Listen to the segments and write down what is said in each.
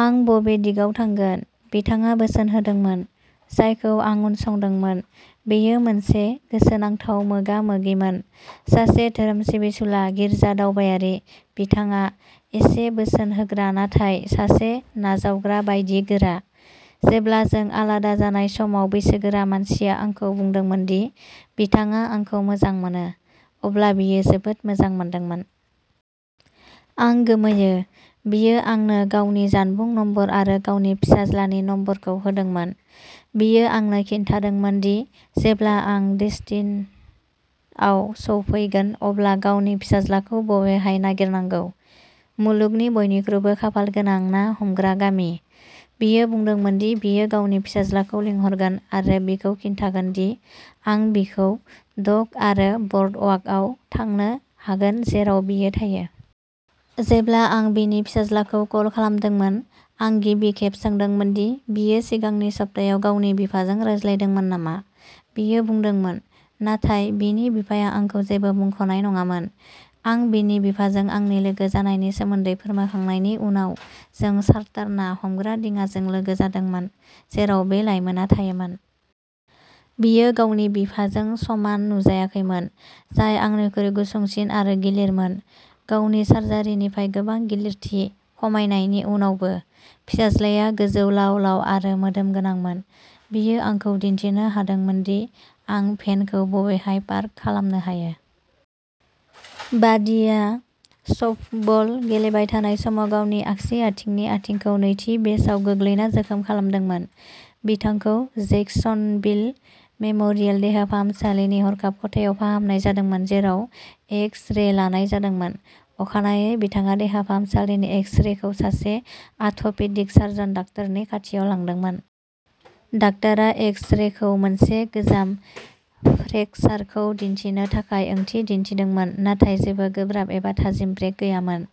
आं बबे दिगाव थांगोन? बिथाङा बोसोन होदोंमोन, जायखौ आं उनसंदोंमोन। बेयो मोनसे गोसोनांथाव मोगा-मोगिमोन। सासे धोरोम सिबिसुला गिर्जा-दावबायारि, बिथाङा एसे'बोसोन होग्रा'नाथाय सासे नावजावग्रा बायदि गोरा। जेब्ला जों आलादा जानाय समाव बैसोगोरा मानसिया आंखौ बुंदोंमोन दि बिथाङा आंखौ मोजां मोनो, अब्ला बियो जोबोद मोजां मोनदोंमोन। आं गोमोयो। बियो आंनो गावनि जानबुं नम्बर आरो गावनि फिसाज्लानि नम्बरखौ होदोंमोन। बियो आंनो खिन्थादोंमोन दि जेब्ला आं डेस्टिनआव सौफैगोन अब्ला गावनि फिसाज्लाखौ बबेहाय नागिरनांगौ, "मुलुगनि बयनिख्रुइबो खाफालगोनां ना हमग्रा गामि! "। बियो बुंदोंमोन दि बियो गावनि फिसाज्लाखौ लिंहरगोन आरो बिखौ खिन्थागोन दि आं बिखौ डक आरो बर्डवाकआव थांनो हागोन जेराव बियो थायो। जेब्ला आं बिनि फिसाज्लाखौ कल खालामदोंमोन, आं गिबि खेब सोंदोंमोन दि बियो सिगांनि सप्तायाव गावनि बिफाजों रायज्लायदोंमोन नामा। बियो बुंदोंमोन, नाथाय बिनि बिफाया आंखौ जेबो मुंख'नाय नङामोन। आं बिनि बिफाजों आंनि लोगो जानायनि सोमोन्दै फोरमायखांनायनि उनाव जों चार्टार ना हमग्रा दिङाजों लोगो जादोंमोन, जेराव बे लाइमोनआ थायोमोन। बियो गावनि बिफाजों समान नुजायाखैमोन, जाय आंनिख्रुइ गुसुंसिन आरो गिलिरमोन, गावनि सार्जारिनिफ्राय गोबां गिलिरथि खमायनायनि उनावबो। फिसाज्लाया गोजौ, लाव-लाव आरो मोदोम गोनांमोन। बियो आंखौ दिन्थिनो हादोंमोन दि आं भेनखौ बबेहाय पार्क खालामनो हायो। बादीआ सफ्टबल गेलेबाय थानाय समाव गावनि आगसि आथिंनि आथिंखौ नैथि बेसआव गोग्लैना जोखोम खालामदोंमोन। बिथांखौ जैक्सनविल मेम'रियेल देहा फाहामसालिनि हरखाब खथायाव फाहामनाय जादोंमोन, जेराव एक्स-रे लानाय जादोंमोन। अखानायै बिथाङा देहा फाहामसालिनि एक्स-रेखौ सासे आथ'पेडिक सार्जन डाक्टरनि खाथियाव लांदोंमोन। डाक्टारा एक्स-रेखौ मोनसे गोजाम फ्रेकसारखौ दिन्थिनो थाखाय ओंथि दिन्थिदोंमोन, नाथाय जेबो गोब्राब एबा थाजिम ब्रेक गैयामोन।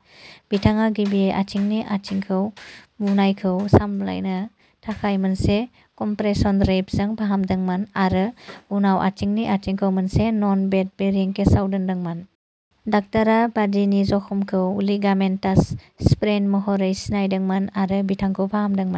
बिथाङा गिबियै आथिंनि आथिंखौ बुनायखौ सामलायनो थाखाय मोनसे कम्प्रेशन रैपजों फाहामदोंमोन आरो उनाव आथिंनि आथिंखौ मोनसे नन-वेट बेरिं केसआव दोनदोंमोन। डाक्टारा बादीनि जखमखौ लिगामेन्टास स्प्रेइन महरै सिनायदोंमोन आरो बिथांखौ फाहामदोंमोन।